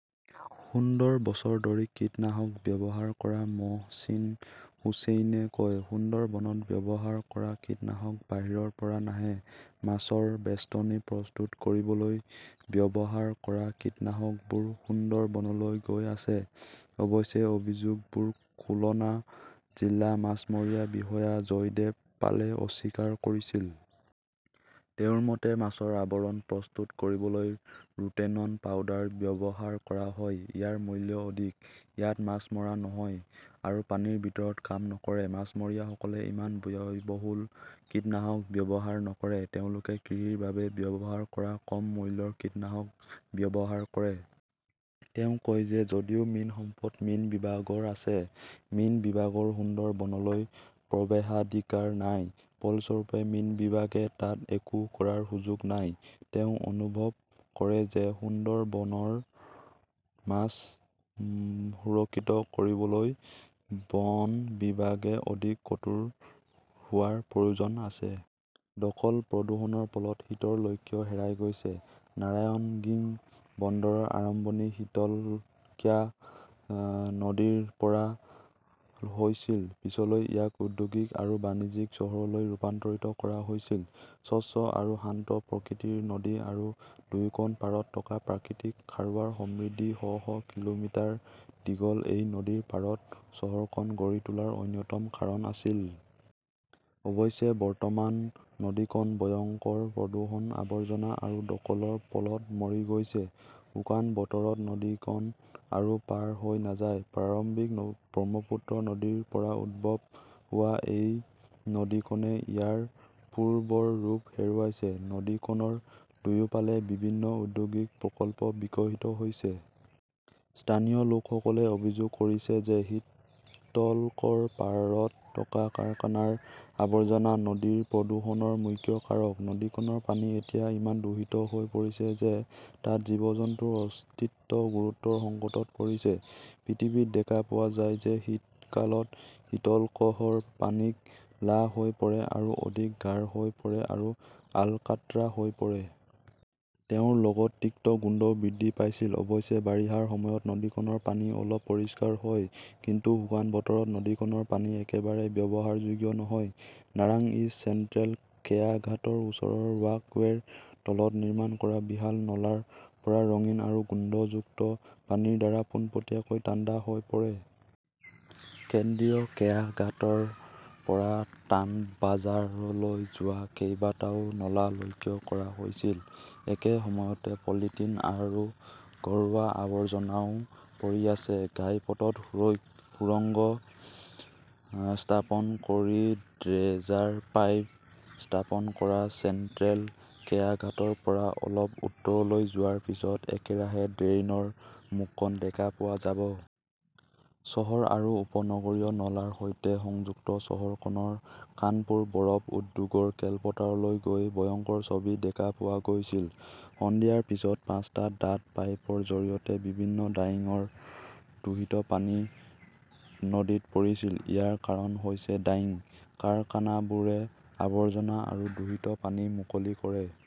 সুন্দৰবনত বছৰ ধৰি কীটনাশক ব্যৱহাৰ কৰা হৈছে, মহচিন হুচেইনে কয়। সুন্দৰবনত ব্যৱহাৰ কৰা কীটনাশক বাহিৰৰ পৰা নাহে। মাছৰ বেষ্টনী প্ৰস্তুত কৰিবলৈ ব্যৱহাৰ কৰা কীটনাশকবোৰ সুন্দৰবনলৈ গৈ আছে। অৱশ্যে অভিযোগবোৰ খুলনা জিলা মাছমৰীয়া বিষয়া জয়দেব পালে অস্বীকাৰ কৰিছিল। তেওঁৰ মতে, মাছৰ আৱৰণ প্ৰস্তুত কৰিবলৈ ৰোটেনন পাউডাৰ ব্যৱহাৰ কৰা হয়। ইয়াৰ মূল্য অধিক। ইয়াত মাছ মৰা নহয় আৰু পানীৰ ভিতৰত কাম নকৰে। মাছমৰীয়াসকলে ইমান ব্যয়বহুল কীটনাশক ব্যৱহাৰ নকৰে। তেওঁলোকে কৃষিৰ বাবে ব্যৱহাৰ কৰা কম মূল্যৰ কীটনাশক ব্যৱহাৰ কৰে। তেওঁ কয় যে যদিও মীন সম্পদ মীন বিভাগৰ আছে, মীন বিভাগৰ সুন্দৰবনলৈ প্ৰৱেশাধিকাৰ নাই। ফলস্বৰূপে, মীন বিভাগে তাত একো কৰাৰ সুযোগ নাই, তেওঁ অনুভৱ কৰে যে সুন্দৰবনৰ মাছ সুৰক্ষিত কৰিবলৈ বন বিভাগে অধিক কঠোৰ হোৱাৰ প্ৰয়োজন আছে। দখল-প্ৰদূষণৰ ফলত শীতৰ লক্ষ্য হেৰাই গৈছে। নাৰায়ণগিং বন্দৰৰ আৰম্ভণি শীতলক্ষ্যা নদীৰ পৰা হৈছিল। পিছলৈ ইয়াক ঔদ্যোগিক আৰু বাণিজ্যিক চহৰলৈ ৰূপান্তৰিত কৰা হৈছিল। স্বচ্ছ আৰু শান্ত প্ৰকৃতিৰ নদী আৰু দুয়োখন পাৰত থকা প্ৰাকৃতিক খাৰুৱাৰ সমৃদ্ধি শ- শ কিলোমিটাৰ দীঘল, এই নদীৰ পাৰত চহৰখন গঢ়ি তোলাৰ অন্যতম কাৰণ আছিল। অৱশ্যে বৰ্তমান নদীখন ভয়ংকৰ প্ৰদূষণ, আৱৰ্জনা আৰু দখলৰ ফলত মৰি গৈছে। শুকান বতৰত নদীখন আৰু পাৰ হৈ নাযায়। প্ৰাৰম্ভিক ব্ৰহ্মপুত্ৰ নদীৰ পৰা উদ্ভৱ হোৱা এই নদীখনে ইয়াৰ পূৰ্বৰ ৰূপ হেৰুৱাইছে। নদীখনৰ দুয়োফালে বিভিন্ন ঔদ্যোগিক প্ৰকল্প বিকশিত হৈছে। স্থানীয় লোকসকলে অভিযোগ কৰিছে যে শীতলকৰ পাৰত থকা কাৰখানাৰ আৱৰ্জনা নদীৰ প্ৰদূষণৰ মুখ্য কাৰক। নদীখনৰ পানী এতিয়া ইমান দূষিত হৈ পৰিছে যে তাত জীৱ-জন্তুৰ অস্তিত্ব গুৰুতৰ সংকটত পৰিছে। পৃথিৱীত দেখা পোৱা যায় যে শীতকালত শীতলকশৰ পানী ক 'লা হৈ পৰে আৰু অধিক গাঢ় হৈ পৰে আৰু আলকাট্ৰা হৈ পৰে। তেওঁৰ লগত তিক্ত গোন্ধও বৃদ্ধি পাইছিল। অৱশ্যে, বাৰিষাৰ সময়ত নদীখনৰ পানী অলপ পৰিষ্কাৰ হয়, কিন্তু শুকান বতৰত নদীখনৰ পানী একেবাৰে ব্যৱহাৰযোগ্য নহয়। নাৰাংইজ চেণ্ট্ৰেল খেয়াঘাটৰ ওচৰৰ ৱাকৱেৰ তলত নিৰ্মাণ কৰা বিশাল নলাৰ পৰা ৰঙীন আৰু গোন্ধযুক্ত পানীৰ ধাৰা পোনপটীয়াকৈ ঠাণ্ডা হৈ পৰে। কেন্দ্ৰীয় খেয়াঘাটৰ পৰা তানবাজাৰলৈ যোৱা কেইবাটাও নলা লক্ষ্য কৰা হৈছিল, একে সময়তে পলিথিন আৰু ঘৰুৱা আৱৰ্জনাও পৰি আছে। ঘাইপথটোত সুৰঙ্গ স্থাপন কৰি ড্ৰেজাৰ পাইপ স্থাপন কৰা চেণ্ট্ৰেল খেয়াঘাটৰ পৰা অলপ উত্তৰলৈ যোৱাৰ পিছত একেৰাহে ড্ৰেইনৰ মুখখন দেখা পোৱা যাব। চহৰ আৰু উপনগৰীয় নলাৰ সৈতে সংযুক্ত। চহৰখনৰ খানপুৰ বৰফ উদ্যোগৰ খেলপথাৰলৈ গৈ ভয়ংকৰ ছবি দেখা পোৱা গৈছিল। সন্ধিয়াৰ পিছত পাঁচটা ডাঠ পাইপৰ জৰিয়তে বিভিন্ন ডাইঙৰ দূষিত পানী নদীত পৰিছিল। ইয়াৰ কাৰণ হৈছে ডাইং কাৰখানাবোৰে আৱৰ্জনা আৰু দূষিত পানী মুকলি কৰে।